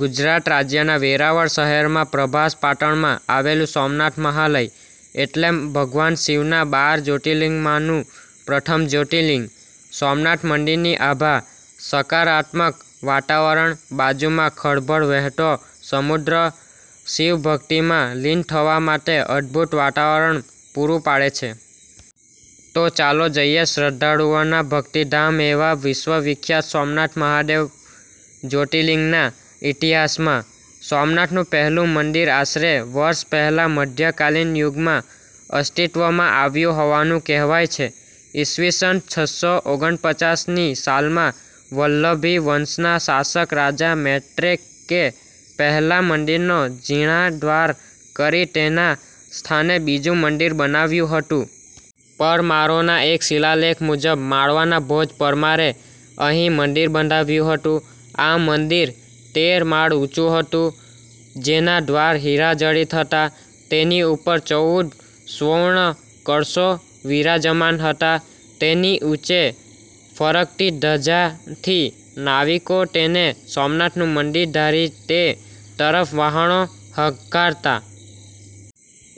ગુજરાત રાજ્યના વેરાવળ શહેરમાં પ્રભાસ પાટણમાં આવેલું સોમનાથ મહાલય, એટલે ભગવાન શિવના બાર જ્યોતિર્લિંગમાંનું પ્રથમ જ્યોતિર્લિંગ. સોમનાથ મંદિરની આભા, સકારાત્મક વાતાવરણ, બાજુમાં ખળભળ વહેતો સમુદ્ર શિવભક્તિમાં લીન થવા માટે અદ્ભુત વાતાવરણ પૂરું પાડે છે. તો ચાલો જઈએ શ્રદ્ધાળુઓના ભક્તિ ધામ એવા વિશ્વવિખ્યાત સોમનાથ મહાદેવ જ્યોર્તિલિંગના ઈતિહાસમાં.. સોમનાથનું પહેલું મંદિર આશરે વર્ષ પહેલાં મધ્ય કાલીન યુગમાં અસ્તિત્વમાં આવ્યું હોવાનું કહેવાય છે. ઈસ વીસન છસો ઓગનપચાસ ની સાલમાં વલ્લભીવંશના શાસક રાજા મૈત્રકે પહેલા મંદિરનો જીર્ણોદ્ધાર કરી તેના સ્થાને બીજુ મંદિર બનાવ્યું હતું. પરમારોના એક શિલાલેખ મુજબ માળવાના ભોજ પરમારે અહીં મંદિર બંધાવ્યું હતું. આ મંદિર તેર માળ ઊંચું હતું જેના દ્વાર હીરાજડિત હતા. તેની ઉપર ચૌદ સુવર્ણ કળશો વિરાજમાન હતા. તેની ઊંચે ફરકતી ધજાથી નાવિકો તેને સોમનાથનું મંદિર ધારી તે તરફ વહાણો હંકારતા.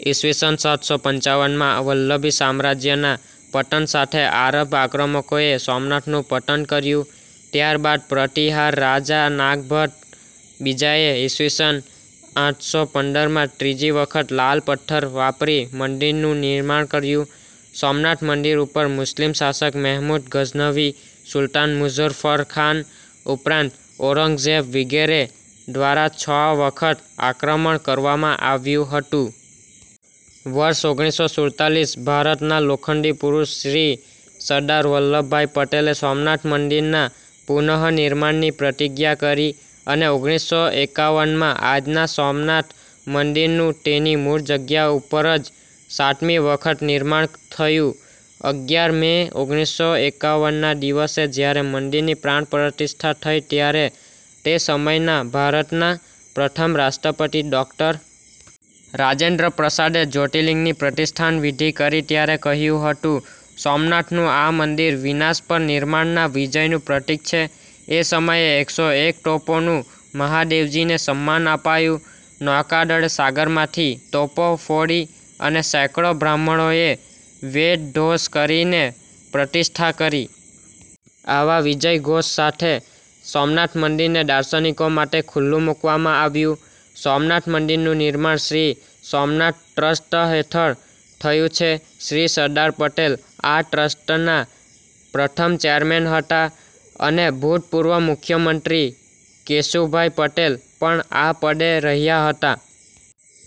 ઈસ વીસન સાતસો પંચાવન માં વલ્લભી સામ્રાજ્યના પતન સાથે આરબ આક્રમકોએ સોમનાથનું પતન કર્યું. ત્યારબાદ પ્રતિહાર રાજા નાગ ભટ્ટ બીજાએ ઈસ વીસન આઠસોપંદર માં ત્રીજી વખત લાલ પથ્થર વાપરી મંદિરનું નિર્માણ કર્યું. સોમનાથ મંદિર ઉપર મુસ્લીમ શાશક મહેમુદ ગઝનવી, સુલતાન મુઝ્ઝફરખાન ઉપરાંત ઔરંગઝેબ વિગેરે દ્વારા છ વખત આક્રમણ કરવામાં આવ્યું હતું. વર્ષ ઓગણીસો સુલ્તાલીસ ભારતના લોખંડી પુરુષ શ્રી સરદાર વલ્લભભાઈ પટેલે સોમનાથ મંદિરના પુનઃનિર્માણની પ્રતિજ્ઞા કરી અને ઓગણીસો એકાવનમાં આજના સોમનાથ મંદિરનું તેની મૂળ જગ્યા ઉપર જ સાતમી વખત નિર્માણ થયું. અગિયાર મે ઓગણીસો એકાવન ના દિવસે જયારે મંદિરની પ્રાણ પ્રતિષ્ઠા થઈ ત્યારે તે સમયના ભારતના પ્રથમ રાષ્ટ્રપતિ ડૉ. રાજેન્દ્ર પ્રસાદે જ્યોર્તિલિંગની પ્રતિષ્ઠાન વિધિ કરી ત્યારે કહ્યું હતું- "સોમનાથનું આ મંદિર વિનાશ પર નિર્માણના વિજયનું પ્રતિક છે. એ સમયે એક સો એક તોપોનું મહાદેવજીને સન્માન અપાયું. નૌકાદળે સાગરમાંથી તોપો ફોડી અને સેંકડો બ્રાહ્મણોએ વેદઘોષ કરીને પ્રતિષ્ઠા કરી. આવા વિજયઘોષ સાથે સોમનાથ મંદિરને દાર્શનિકો માટે ખુલ્લું મુકવામાં આવ્યું. સોમનાથ મંદિરનું નિર્માણ શ્રી સોમનાથ ટ્રસ્ટ હેઠળ થયું છે. શ્રી સરદાર પટેલ આ ટ્રસ્ટનાં પ્રથમ ચેરમેન હતાં અને ભુતપૂર્વ મુખ્યમંત્રી કેશુભાઈ પટેલ પણ આ પદે રહ્યા હતા.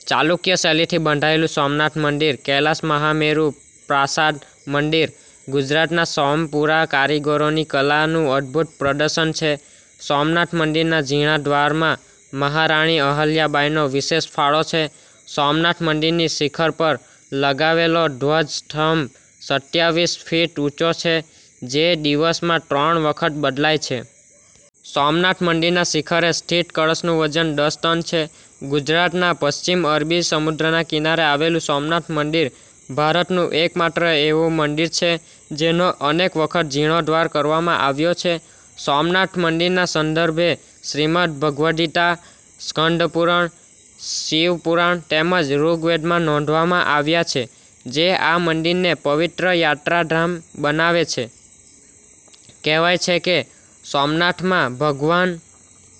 ચાલુક્ય શૈલીથી બંધાયેલું સોમનાથ મંદિર "કૈલાશ મહામેરુ પ્રાસાદ મંદિર: ગુજરાતના સોમપુરા કારીગરોની કલાનું અદ્ભુત પ્રદર્શન છે. સોમનાથ મંદિરના જીર્ણોદ્વારમાં મહારાણી અહલ્યાબાઈનો વિશેષ ફાળો છે. સોમનાથ મંદિરની શિખર પર લગાવેલો ધ્વજસ્તંભ સત્યાવીસ ફીટ ઉંચો છે, જે દિવસમાં ત્રણ વખત બદલાય છે. સોમનાથ મંદિરના શિખરે સ્થિત કળશનું વજન દસ ટન છે! ગુજરાતના પશ્ચિમ અરબી સમુદ્રના કિનારે આવેલું સોમનાથ મંદિર ભારતનું એકમાત્ર એવું મંદિર છે, જેનો અનેક વખત જીર્ણોદ્વાર કરવામાં આવ્યો છે. સોમનાથ મંદિરના સંદર્ભો શ્રીમદ ભગવદ્ગીતા, સ્કંધપુરાણ, શિવ પુરાણ તેમજ ઋગ્વેદમાં નોંધવામાં આવ્યા છે, જે આ મંદિરને પવિત્ર યાત્રાધામ બનાવે છે. કહેવાય છે કે સોમનાથમાં ભગવાન